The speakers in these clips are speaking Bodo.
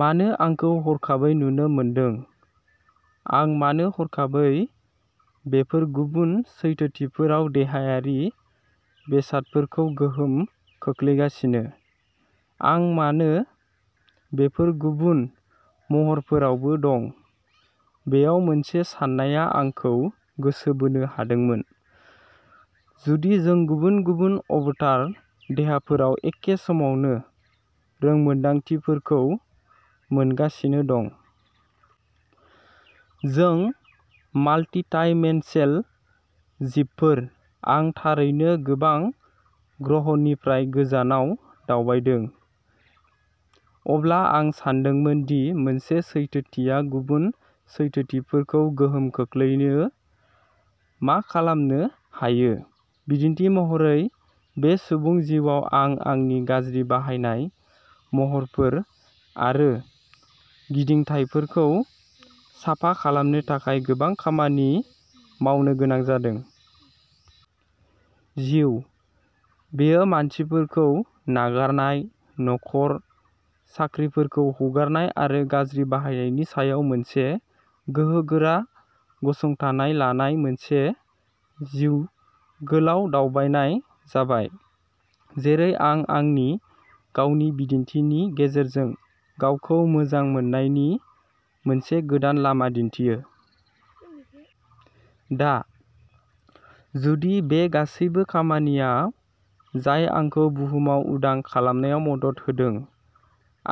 मानो आंखौ हरखाबै नुनो मोनदों? आं मानो हरखाबै बेफोर गुबुन सैथोथिफोराव देहायारि बेसादफोरखौ गोहोम खोख्लैगासिनो? आं मानो बेफोर गुबुन महरफोरावबो दं? बेयाव मोनसे साननाया आंखौ गोसो बोनो हादोंमोन। जुदि जों गुबुन-गुबुन अबतार देहाफोराव एखे समावनो रोंमोनदांथिफोरखौ मोनगासिनो दं? जों माल्टिडाइमेनशनेल जिबफोर, आं थारैनो गोबां ग्रहनिफ्राय गोजानाव दावबायदों। अब्ला आं सानदोंमोन दि मोनसे सैथोथिया गुबुन सैथोथिफोरखौ गोहोम खोख्लैनो मा खालामनो हायो। बिदिन्थि महरै, बे सुबुं जिउआव आं आंनि गाज्रि बाहायनाय महरफोर आरो गिदिंथायफोरखौ साफा खालामनो थाखाय गोबां खामानि मावनो गोनां जादों। जिउ। बेयो मानसिफोरखौ नागारनाय, नखर, साख्रिफोरखौ हगारनाय आरो गाज्रि बाहायनायनि सायाव मोनसे गोहोगोरा गसंथानाय लानाय मोनसे जिउ गोलाव दावबायनाय जाबाय, जेरै आं आंनि गावनि बिदिन्थिनि गेजेरजों गावखौ मोजां मोननायनि मोनसे गोदान लामा दिन्थियो। दा, जुदि बे गासैबो खामानिया जाय आंखौ बुहुमाव उदां खालामनायाव मदद होदों,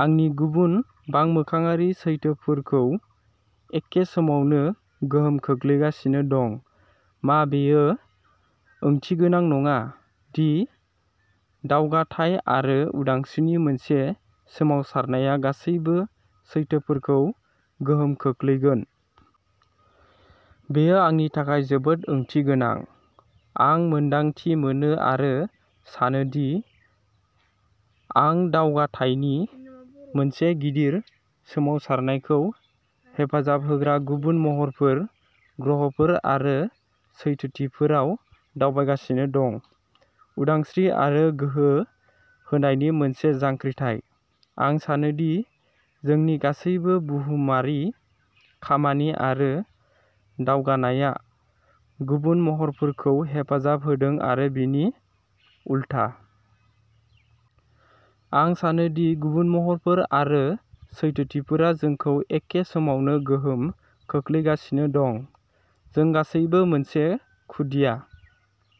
आंनि गुबुन बांमोखाङारि सैथोफोरखौ एखे समावनो गोहोम खोख्लैगासिनो दं? मा बेयो ओंथिगोनां नङा दि दावगाथाय आरो उदांस्रिनि मोनसे सोमावसारनाया गासैबो सैथोफोरखौ गोहोम खोख्लैगोन? बेयो आंनि थाखाय जोबोद ओंथिगोनां। आं मोन्दांथि मोनो आरो सानोदि आं दावगाथायनि मोनसे गिदिर सोमावसारनायखौ हेफाजाब होग्रा गुबुन महरफोर, ग्रहफोर आरो सैथोथिफोराव दावबायगासिनो दं। उदांस्रि आरो गोहो होनायनि मोनसे जांख्रिथाय। आं सानोदि जोंनि गासैबो बुहुमारि खामानि आरो दावगानायआ गुबुन महरफोरखौबो हेफाजाब होदों आरो बिनि उलथा। आं सानो दि गुबुन महरफोर आरो सैथोथिफोरा जोंखौ एखे समावनो गोहोम खोख्लैगासिनो दं, जों गासैबो मोनसे खुदिया!